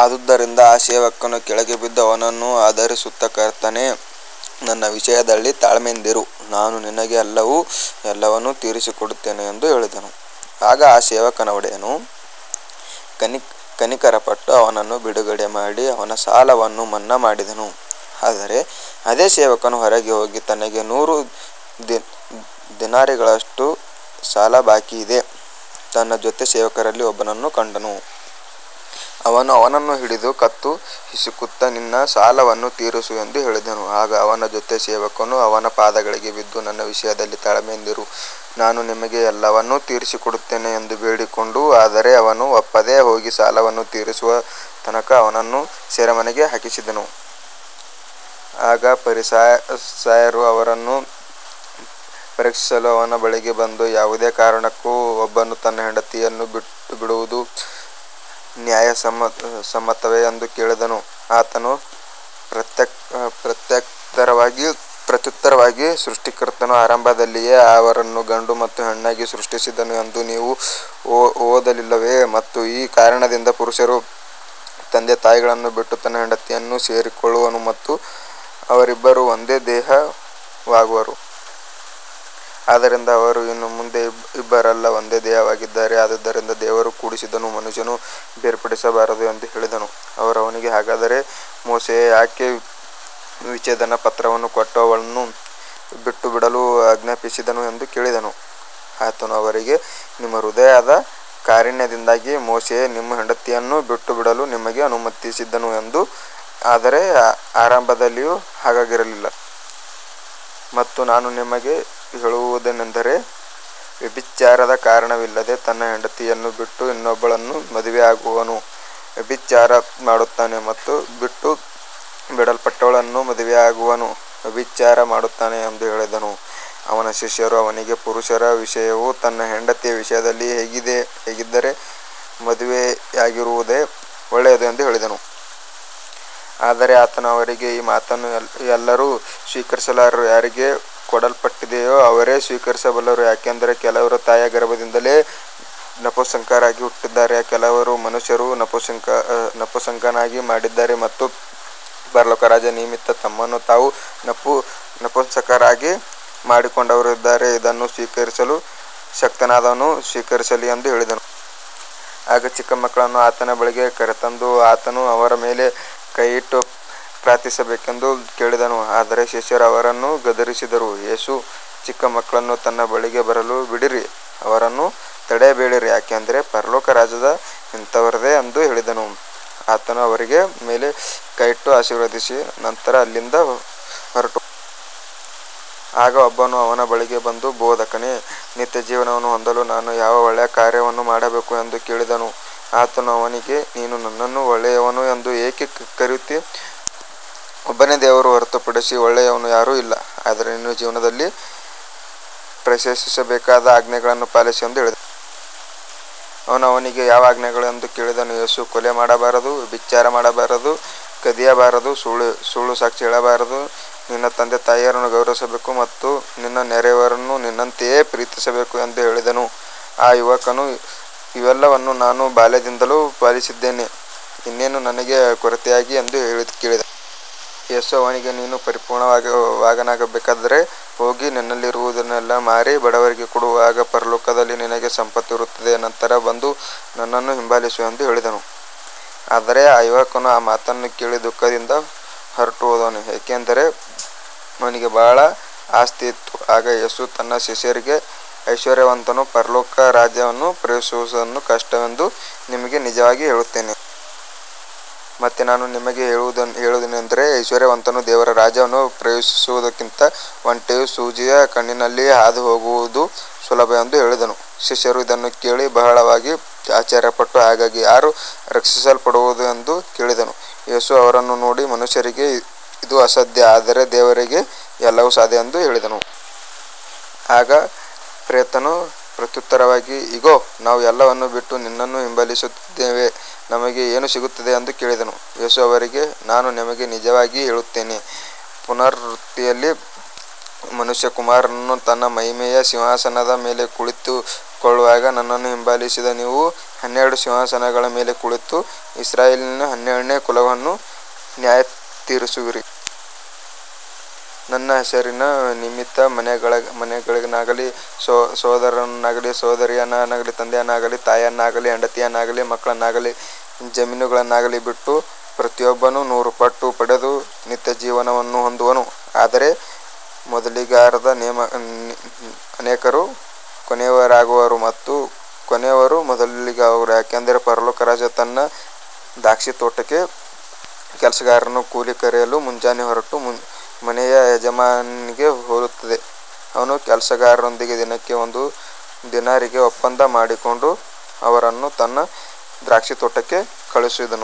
ಆದುದರಿಂದ ಆ ಸೇವಕನು ಕೆಳಗೆ ಬಿದ್ದು ಅವನನ್ನು ಆರಾಧಿಸುತ್ತಾ, ಕರ್ತನೇ, ನನ್ನ ವಿಷಯದಲ್ಲಿ ತಾಳ್ಮೆಯಿಂದಿರು, ನಾನು ನಿನಗೆ ಎಲ್ಲವನ್ನೂ ತೀರಿಸಿಕೊಡುತ್ತೇನೆ ಎಂದು ಹೇಳಿದನು. ಆಗ ಆ ಸೇವಕನ ಒಡೆಯನು ಕನಿಕರಪಟ್ಟು ಅವನನ್ನು ಬಿಡುಗಡೆ ಮಾಡಿ ಅವನ ಸಾಲವನ್ನು ಮನ್ನಾ ಮಾಡಿದನು. ಆದರೆ ಅದೇ ಸೇವಕನು ಹೊರಗೆ ಹೋಗಿ ತನಗೆ ನೂರು ದಿನಾರಿಗಳಷ್ಟು ಸಾಲಬಾಕಿಯಿದ್ದ ತನ್ನ ಜೊತೆ ಸೇವಕರಲ್ಲಿ ಒಬ್ಬನನ್ನು ಕಂಡನು. ಅವನು ಅವನನ್ನು ಹಿಡಿದು ಕತ್ತು ಹಿಸುಕುತ್ತಾ, ನಿನ್ನ ಸಾಲವನ್ನು ತೀರಿಸು ಎಂದು ಹೇಳಿದನು. ಆಗ ಅವನ ಜೊತೆ ಸೇವಕನು ಅವನ ಪಾದಗಳಿಗೆ ಬಿದ್ದು, ನನ್ನ ವಿಷಯದಲ್ಲಿ ತಾಳ್ಮೆಯಿಂದಿರು, ನಾನು ನಿನಗೆ ಎಲ್ಲವನ್ನೂ ತೀರಿಸಿಕೊಡುತ್ತೇನೆ ಎಂದು ಬೇಡಿಕೊಂಡನು. ಆದರೆ ಅವನು ಒಪ್ಪದೆ ಹೋಗಿ ಸಾಲವನ್ನು ತೀರಿಸುವ ತನಕ ಅವನನ್ನು ಸೆರೆಮನೆಗೆ ಹಾಕಿಸಿದನು. ಆಗ ಫರಿಸಾಯರು ಅವನನ್ನು ಪರೀಕ್ಷಿಸಲು ಅವನ ಬಳಿಗೆ ಬಂದು, ಯಾವುದೇ ಕಾರಣಕ್ಕೂ ಒಬ್ಬನು ತನ್ನ ಹೆಂಡತಿಯನ್ನು ಬಿಟ್ಟುಬಿಡುವುದು ನ್ಯಾಯಸಮ್ಮತವೇ ಎಂದು ಕೇಳಿದರು. ಆತನು ಪ್ರತ್ಯುತ್ತರವಾಗಿ, ಸೃಷ್ಟಿಕರ್ತನು ಆರಂಭದಿಂದಲೇ ಅವರನ್ನು ಗಂಡು ಮತ್ತು ಹೆಣ್ಣಾಗಿ ಸೃಷ್ಟಿಸಿದನು ಎಂದು ನೀವು ಓದಲಿಲ್ಲವೇ. ಮತ್ತು ಈ ಕಾರಣದಿಂದ ಪುರುಷನು ತಂದೆ ತಾಯಿಗಳನ್ನು ಬಿಟ್ಟು ತನ್ನ ಹೆಂಡತಿಯನ್ನು ಸೇರಿಕೊಳ್ಳುವನು ಮತ್ತು ಅವರಿಬ್ಬರೂ ಒಂದೇ ದೇಹವಾಗುವರು. ಆದ್ದರಿಂದ ಅವರು ಇನ್ನು ಮುಂದೆ ಇಬ್ಬರಲ್ಲ, ಒಂದೇ ದೇಹವಾಗಿದ್ದಾರೆ. ಆದುದರಿಂದ ದೇವರು ಕೂಡಿಸಿದ್ದನ್ನು ಮನುಷ್ಯನು ಬೇರ್ಪಡಿಸಬಾರದು ಎಂದು ಹೇಳಿದನು. ಅವರು ಅವನಿಗೆ, ಹಾಗಾದರೆ ಮೋಶೆಯು ಯಾಕೆ ವಿಚ್ಛೇದನಪತ್ರವನ್ನು ಕೊಟ್ಟು ಅವಳನ್ನು ಬಿಟ್ಟುಬಿಡಲು ಆಜ್ಞಾಪಿಸಿದನು ಎಂದು ಕೇಳಿದರು. ಆತನು ಅವರಿಗೆ, ನಿಮ್ಮ ಹೃದಯದ ಕಾಠಿಣ್ಯದಿಂದಾಗಿ ಮೋಶೆಯು ನಿಮ್ಮ ಹೆಂಡತಿಯರನ್ನು ಬಿಟ್ಟುಬಿಡಲು ನಿಮಗೆ ಅನುಮತಿಸಿದನು, ಆದರೆ ಆರಂಭದಿಂದಲೂ ಹಾಗಿರಲಿಲ್ಲ. ಮತ್ತು ನಾನು ನಿಮಗೆ ಹೇಳುವುದೇನೆಂದರೆ, ವ್ಯಭಿಚಾರದ ಕಾರಣವಲ್ಲದೆ ತನ್ನ ಹೆಂಡತಿಯನ್ನು ಬಿಟ್ಟು ಇನ್ನೊಬ್ಬಳನ್ನು ಮದುವೆಯಾಗುವವನು ವ್ಯಭಿಚಾರ ಮಾಡುತ್ತಾನೆ. ಮತ್ತು ಬಿಟ್ಟುಬಿಡಲ್ಪಟ್ಟವಳನ್ನು ಮದುವೆಯಾಗುವವನೂ ವ್ಯಭಿಚಾರ ಮಾಡುತ್ತಾನೆ ಎಂದು ಹೇಳಿದನು. ಅವನ ಶಿಷ್ಯರು ಅವನಿಗೆ, ಪುರುಷನ ವಿಷಯವು ತನ್ನ ಹೆಂಡತಿಯ ವಿಷಯದಲ್ಲಿ ಹೀಗಿದ್ದರೆ ಮದುವೆಯಾಗದಿರುವುದೇ ಒಳ್ಳೆಯದು ಎಂದು ಹೇಳಿದರು. ಆದರೆ ಆತನು ಅವರಿಗೆ, ಈ ಮಾತನ್ನು ಎಲ್ಲರೂ ಸ್ವೀಕರಿಸಲಾರರು, ಯಾರಿಗೆ ಕೊಡಲ್ಪಟ್ಟಿದೆಯೋ ಅವರೇ ಸ್ವೀಕರಿಸಬಲ್ಲರು. ಯಾಕಂದರೆ ಕೆಲವರು ತಾಯಿಯ ಗರ್ಭದಿಂದಲೇ ನಪುಂಸಕರಾಗಿ ಹುಟ್ಟಿದ್ದಾರೆ, ಕೆಲವರನ್ನು ಮನುಷ್ಯರು ನಪುಂಸಕರನ್ನಾಗಿ ಮಾಡಿದ್ದಾರೆ, ಮತ್ತು ಪರಲೋಕ ರಾಜ್ಯದ ನಿಮಿತ್ತ ತಮ್ಮನ್ನು ತಾವು ನಪುಂಸಕರನ್ನಾಗಿ ಮಾಡಿಕೊಂಡವರೂ ಇದ್ದಾರೆ. ಇದನ್ನು ಸ್ವೀಕರಿಸಲು ಶಕ್ತನಾದವನು ಸ್ವೀಕರಿಸಲಿ ಎಂದು ಹೇಳಿದನು. ಆಗ ಚಿಕ್ಕ ಮಕ್ಕಳನ್ನು ಆತನ ಬಳಿಗೆ ಕರೆತಂದು, ಆತನು ಅವರ ಮೇಲೆ ಕೈಯಿಟ್ಟು ಪ್ರಾರ್ಥಿಸಬೇಕೆಂದು ಕೇಳಿದರು. ಆದರೆ ಶಿಷ್ಯರು ಅವರನ್ನು ಗದರಿಸಿದರು. ಯೇಸು, ಚಿಕ್ಕ ಮಕ್ಕಳನ್ನು ನನ್ನ ಬಳಿಗೆ ಬರಲು ಬಿಡಿರಿ, ಅವರನ್ನು ತಡೆಯಬೇಡಿರಿ, ಯಾಕಂದರೆ ಪರಲೋಕ ರಾಜ್ಯವು ಇಂಥವರದೇ ಎಂದು ಹೇಳಿದನು. ಆತನು ಅವರ ಮೇಲೆ ಕೈಯಿಟ್ಟು ಆಶೀರ್ವದಿಸಿದ ನಂತರ ಅಲ್ಲಿಂದ ಹೊರಟುಹೋದನು. ಆಗ ಒಬ್ಬನು ಅವನ ಬಳಿಗೆ ಬಂದು, ಬೋಧಕನೇ, ನಿತ್ಯಜೀವವನ್ನು ಹೊಂದಲು ನಾನು ಯಾವ ಒಳ್ಳೆಯ ಕಾರ್ಯವನ್ನು ಮಾಡಬೇಕು ಎಂದು ಕೇಳಿದನು. ಆತನು ಅವನಿಗೆ, ನೀನು ನನ್ನನ್ನು ಒಳ್ಳೆಯವನು ಎಂದು ಏಕೆ ಕರೆಯುತ್ತೀ. ಒಬ್ಬನೇ ದೇವರನ್ನು ಹೊರತುಪಡಿಸಿ ಒಳ್ಳೆಯವನು ಯಾರೂ ಇಲ್ಲ. ಆದರೆ ನೀನು ಜೀವನದಲ್ಲಿ ಪ್ರವೇಶಿಸಬೇಕಾದರೆ ಆಜ್ಞೆಗಳನ್ನು ಪಾಲಿಸು ಎಂದು ಹೇಳಿದನು. ಅವನು ಅವನಿಗೆ, ಯಾವ ಆಜ್ಞೆಗಳು ಎಂದು ಕೇಳಿದನು. ಯೇಸು, ಕೊಲೆ ಮಾಡಬಾರದು, ವ್ಯಭಿಚಾರ ಮಾಡಬಾರದು, ಕದಿಯಬಾರದು, ಸುಳ್ಳು ಸಾಕ್ಷಿ ಹೇಳಬಾರದು, ನಿನ್ನ ತಂದೆ ತಾಯಿಯನ್ನು ಗೌರವಿಸಬೇಕು ಮತ್ತು ನಿನ್ನ ನೆರೆಯವನನ್ನು ನಿನ್ನಂತೆಯೇ ಪ್ರೀತಿಸಬೇಕು ಎಂದು ಹೇಳಿದನು. ಆ ಯುವಕನು, ಇವೆಲ್ಲವನ್ನೂ ನಾನು ಬಾಲ್ಯದಿಂದಲೂ ಪಾಲಿಸಿದ್ದೇನೆ. ಇನ್ನೇನು ನನಗೆ ಕೊರತೆಯಾಗಿದೆ ಎಂದು ಕೇಳಿದನು. ಯೇಸು ಅವನಿಗೆ, ನೀನು ಪರಿಪೂರ್ಣನಾಗಬೇಕಾದರೆ ಹೋಗಿ ನಿನ್ನಲ್ಲಿರುವುದನ್ನೆಲ್ಲಾ ಮಾರಿ ಬಡವರಿಗೆ ಕೊಡು, ಆಗ ಪರಲೋಕದಲ್ಲಿ ನಿನಗೆ ಸಂಪತ್ತು ಇರುತ್ತದೆ. ನಂತರ ಬಂದು ನನ್ನನ್ನು ಹಿಂಬಾಲಿಸು ಎಂದು ಹೇಳಿದನು. ಆದರೆ ಆ ಯುವಕನು ಆ ಮಾತನ್ನು ಕೇಳಿ ದುಃಖದಿಂದ ಹೊರಟುಹೋದನು, ಏಕೆಂದರೆ ಅವನಿಗೆ ಬಹಳ ಆಸ್ತಿಯಿತ್ತು. ಆಗ ಯೇಸು ತನ್ನ ಶಿಷ್ಯರಿಗೆ, ಐಶ್ವರ್ಯವಂತನು ಪರಲೋಕ ರಾಜ್ಯವನ್ನು ಪ್ರವೇಶಿಸುವುದು ಕಷ್ಟವೆಂದು ನಿಮಗೆ ನಿಜವಾಗಿ ಹೇಳುತ್ತೇನೆ. ಮತ್ತೆ ನಾನು ನಿಮಗೆ ಹೇಳುವುದೇನೆಂದರೆ, ಐಶ್ವರ್ಯವಂತನು ದೇವರ ರಾಜ್ಯವನ್ನು ಪ್ರವೇಶಿಸುವುದಕ್ಕಿಂತ ಒಂಟೆಯು ಸೂಜಿಯ ಕಣ್ಣಿನಲ್ಲಿ ಹಾದುಹೋಗುವುದು ಸುಲಭ ಎಂದು ಹೇಳಿದನು. ಶಿಷ್ಯರು ಇದನ್ನು ಕೇಳಿ ಬಹಳವಾಗಿ ಆಶ್ಚರ್ಯಪಟ್ಟು, ಹಾಗಾದರೆ ಯಾರು ರಕ್ಷಿಸಲ್ಪಡಬಹುದು ಎಂದು ಕೇಳಿದರು. ಯೇಸು ಅವರನ್ನು ನೋಡಿ, ಮನುಷ್ಯರಿಗೆ ಇದು ಅಸಾಧ್ಯ, ಆದರೆ ದೇವರಿಗೆ ಎಲ್ಲವೂ ಸಾಧ್ಯ ಎಂದು ಹೇಳಿದನು. ಆಗ ಪೇತ್ರನು ಪ್ರತ್ಯುತ್ತರವಾಗಿ, ಇಗೋ, ನಾವು ಎಲ್ಲವನ್ನೂ ಬಿಟ್ಟು ನಿನ್ನನ್ನು ಹಿಂಬಾಲಿಸಿದ್ದೇವೆ, ನಮಗೆ ಏನು ಸಿಗುತ್ತದೆ ಎಂದು ಕೇಳಿದನು. ಯೇಸು ಅವರಿಗೆ, ನಾನು ನಿಮಗೆ ನಿಜವಾಗಿ ಹೇಳುತ್ತೇನೆ, ಪುನರುತ್ಪತ್ತಿಯಲ್ಲಿ ಮನುಷ್ಯಕುಮಾರನು ತನ್ನ ಮಹಿಮೆಯ ಸಿಂಹಾಸನದ ಮೇಲೆ ಕುಳಿತುಕೊಳ್ಳುವಾಗ ನನ್ನನ್ನು ಹಿಂಬಾಲಿಸಿದ ನೀವು ಹನ್ನೆರಡು ಸಿಂಹಾಸನಗಳ ಮೇಲೆ ಕುಳಿತು ಇಸ್ರಾಯೇಲಿನ ಹನ್ನೆರಡು ಕುಲಗಳಿಗೆ ನ್ಯಾಯತೀರಿಸುವಿರಿ. ನನ್ನ ಹೆಸರಿನ ನಿಮಿತ್ತ ಮನೆಗಳನ್ನಾಗಲಿ, ಸಹೋದರರನ್ನಾಗಲಿ, ಸಹೋದರಿಯರನ್ನಾಗಲಿ, ತಂದೆಯನ್ನಾಗಲಿ, ತಾಯಿಯನ್ನಾಗಲಿ, ಹೆಂಡತಿಯನ್ನಾಗಲಿ, ಮಕ್ಕಳನ್ನಾಗಲಿ, ಜಮೀನುಗಳನ್ನಾಗಲಿ ಬಿಟ್ಟ ಪ್ರತಿಯೊಬ್ಬನು ನೂರುಪಟ್ಟು ಪಡೆದು ನಿತ್ಯಜೀವವನ್ನು ಹೊಂದುವನು. ಆದರೆ ಮೊದಲಿಗರಾದ ಅನೇಕರು ಕೊನೆಯವರಾಗುವರು ಮತ್ತು ಕೊನೆಯವರು ಮೊದಲಿಗರಾಗುವರು. ಯಾಕಂದರೆ ಪರಲೋಕ ರಾಜ್ಯವು ತನ್ನ ದ್ರಾಕ್ಷಿತೋಟಕ್ಕೆ ಕೆಲಸಗಾರರನ್ನು ಕೂಲಿಗೆ ಕರೆಯಲು ಮುಂಜಾನೆ ಹೊರಟ ಮನೆಯ ಯಜಮಾನನಿಗೆ ಹೋಲುತ್ತದೆ. ಅವನು ಕೆಲಸಗಾರರೊಂದಿಗೆ ದಿನಕ್ಕೆ ಒಂದು ದಿನಾರಿಗೆ ಒಪ್ಪಂದ ಮಾಡಿಕೊಂಡು ಅವರನ್ನು ತನ್ನ ದ್ರಾಕ್ಷಿತೋಟಕ್ಕೆ ಕಳುಹಿಸಿದನು.